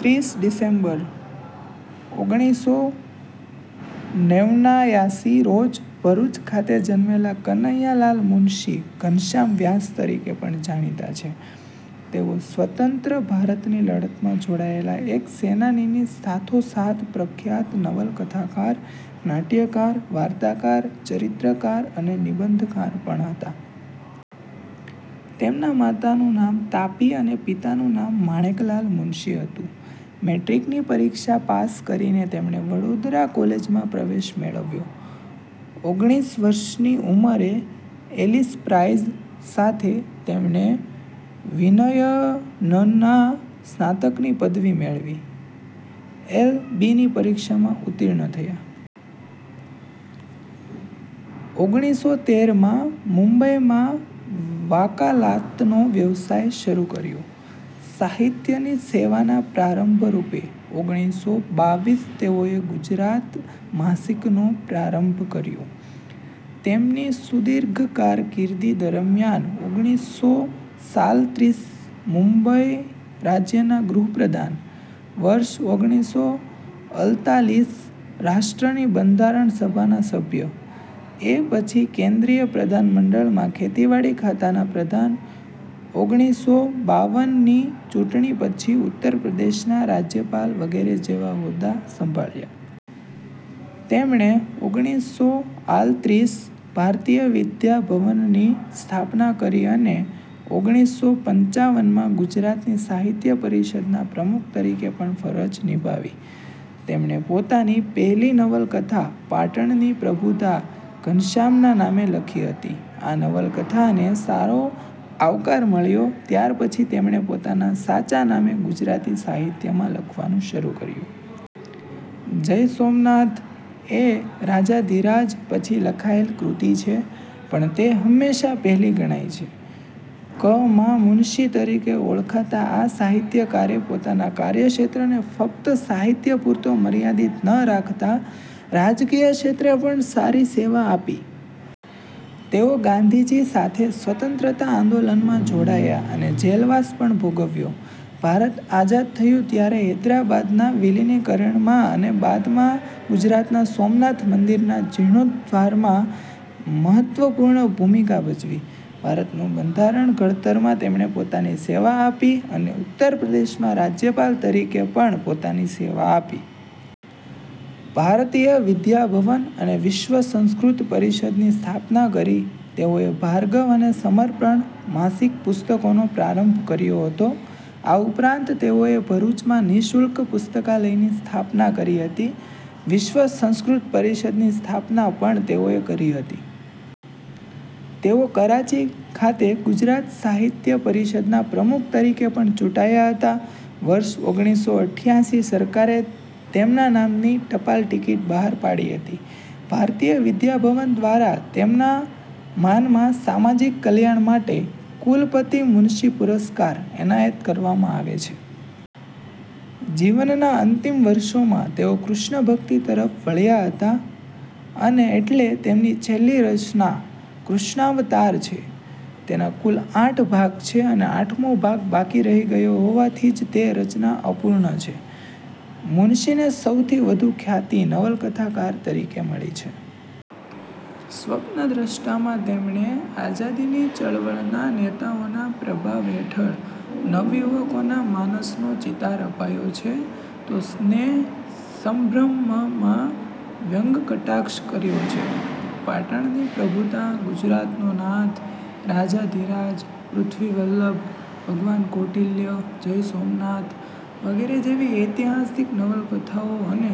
ત્રીસ ડિસેમ્બર, ઓગણીસો નેવ્નાયાસી રોજ ભરૂચ ખાતે જન્મેલા કનૈયાલાલ મુનશી 'ઘનશ્યામ વ્યાસ' તરીકે પણ જાણીતા છે. તેઓ સ્વતંત્ર ભારતની લડતમાં જોડાયેલા એક સૈનાનીની સાથોસાથ પ્રખ્યાત નવલકથાકાર, નાટ્યકાર, વાર્તાકાર, ચરિત્રકાર અને નિબંધકાર પણ હતા. તેમના માતાનું નામ તાપી અને પિતાનું નામ માણેકલાલ મુનશી હતું. મૅટ્રિકની પરીક્ષા પાસ કરીને તેમણે વડોદરા કૉલેજમાં પ્રવેશ મેળવ્યો. ઓગણીસ વર્ષની ઉંમરે 'એલિસ પ્રાઈઝ' સાથે તેમણે વિનયનના સ્નાતકની પદવી મેળવી. એલ. બી. ની પરીક્ષામાં ઉત્તિર્ણ થયા. ઓગણીસો તેર માં મુંબઈમાં વાકાલાતનો વ્યવસાય શરૂ કર્યો. સાહિત્યની સેવાના પ્રારંભ રૂપે ઓગણીસો બાવ્વીસ તેઓએ 'ગુજરાત' માસિકનો પ્રારંભ કર્યો. તેમની સુદીર્ઘ કારકિર્દી દરમિયાન ઓગણીસો સાલત્રીસ મુંબઈ રાજ્યના ગૃહપ્રધાન, વર્ષ ઓગણીસો અલતાલીસ રાષ્ટ્રની બંધારણ સભાના સભ્ય, એ પછી કેન્દ્રીય પ્રધાનમંડળમાં ખેતીવાડી ખાતાના પ્રધાન, ઓગણીસો બાવન ની ચૂંટણી પછી ઉત્તરપ્રદેશના રાજ્યપાલ વગેરે જેવા હોદ્દા સંભાળ્યા. તેમણે ઓગણીસો આલત્રીસ ભારતીય વિદ્યા ભવનની સ્થાપના કરી અને, ઓગણીસો પંચાવન માં ગુજરાતી સાહિત્ય પરિષદના પ્રમુખ તરીકે પણ ફરજ નિભાવી. તેમણે પોતાની પહેલી નવલકથા 'પાટણની પ્રભુતા' ઘનશ્યામના નામે લખી હતી. આ નવલકથાને સારો આવકાર મળ્યો ત્યાર પછી તેમણે પોતાના સાચા નામે ગુજરાતી સાહિત્યમાં લખવાનુ શરૂ કર્યું. 'જય સોમનાથ' એ 'રાજાધિરાજ' પછી લખાયેલ કૃતિ છે, પણ તે હંમેશા પહેલી ગણાય છે. ક. મા. મુનશી તરીકે ઓળખાતા આ સાહિત્યકારે પોતાના કાર્યક્ષેત્રને ફક્ત સાહિત્ય પૂરતો મર્યાદિત ન રાખતાં રાજકીય ક્ષેત્રે પણ સારી સેવા આપી. તેઓ ગાંધીજી સાથે સ્વતંત્રતા આંદોલનમાં જોડાયા અને જેલવાસ પણ ભોગવ્યો. ભારત આઝાદ થયું ત્યારે હૈદ્રાબાદના વિલિનીકરણમાં અને બાદમાં ગુજરાતના સોમનાથ મંદિરના જિર્ણોદ્ધારમાં મહત્વપૂર્ણ ભૂમિકા ભજવી. ભારતનું બંધારણ ઘડતરમાં તેમણે પોતાની સેવા આપી અને ઉત્તરપ્રદેશમાં રાજ્યપાલ તરીકે પણ પોતાની સેવા આપી. ભારતીય વિદ્યાભવન અને વિશ્વ સંસ્કૃત પરિષદની સ્થાપના કરી. તેઓએ ભાર્ગવ અને સમર્પણ માસિક પુસ્તકોનો પ્રારંભ કર્યો હતો. આ ઉપરાંત તેઓએ ભરૂચમાં નિ:શુલ્ક પુસ્તકાલયની સ્થાપના કરી હતી. વિશ્વ સંસ્કૃત પરિષદની સ્થાપના પણ તેઓએ કરી હતી. તેઓ કરાંચી ખાતે ગુજરાત સાહિત્ય પરિષદના પ્રમુખ તરીકે પણ ચૂંટાયા હતા. વર્ષ ઓગણીસો અઠ્યાસી સરકારે તેમના નામની ટપાલ ટિકીટ બહાર પાડી હતી. ભારતીય વિદ્યાભવન દ્વારા તેમના માનમાં સામાજિક કલ્યાણ માટે 'કુલપતિ મુનશી પુરસ્કાર' એનાયત કરવામાં આવે છે. જીવનના અંતિમ વર્ષોમાં તેઓ કૃષ્ણભક્તિ તરફ વળ્યા હતા અને એટલે તેમની છેલ્લી રચના 'કૃષ્ણાવતાર' છે, તેના કુલ આઠ ભાગ છે અને આઠમો ભાગ બાકી રહી ગયો હોવાથી જ તે રચના અપૂર્ણ છે. મુનશીને સૌથી વધુ ખ્યાતિ નવલકથાકાર તરીકે મળી છે. 'સ્વપ્નદૃષ્ટા'માં તેમણે આઝાદીની ચળવળના નેતાઓના પ્રભાવ હેઠળ નવયુવકોના માનસનો ચિતાર અપાયો છે તો 'સ્નેહસંભ્રમ'માં વ્યંગકટાક્ષ કર્યો છે. 'પાટણની પ્રભુતા', 'ગુજરાતનો નાથ', 'રાજાધિરાજ', 'પૃથ્વીવલ્લભ', 'ભગવાન કૌટિલ્ય', 'જય સોમનાથ', વગેરે જેવી ઐતિહાસિક નવલકથાઓ અને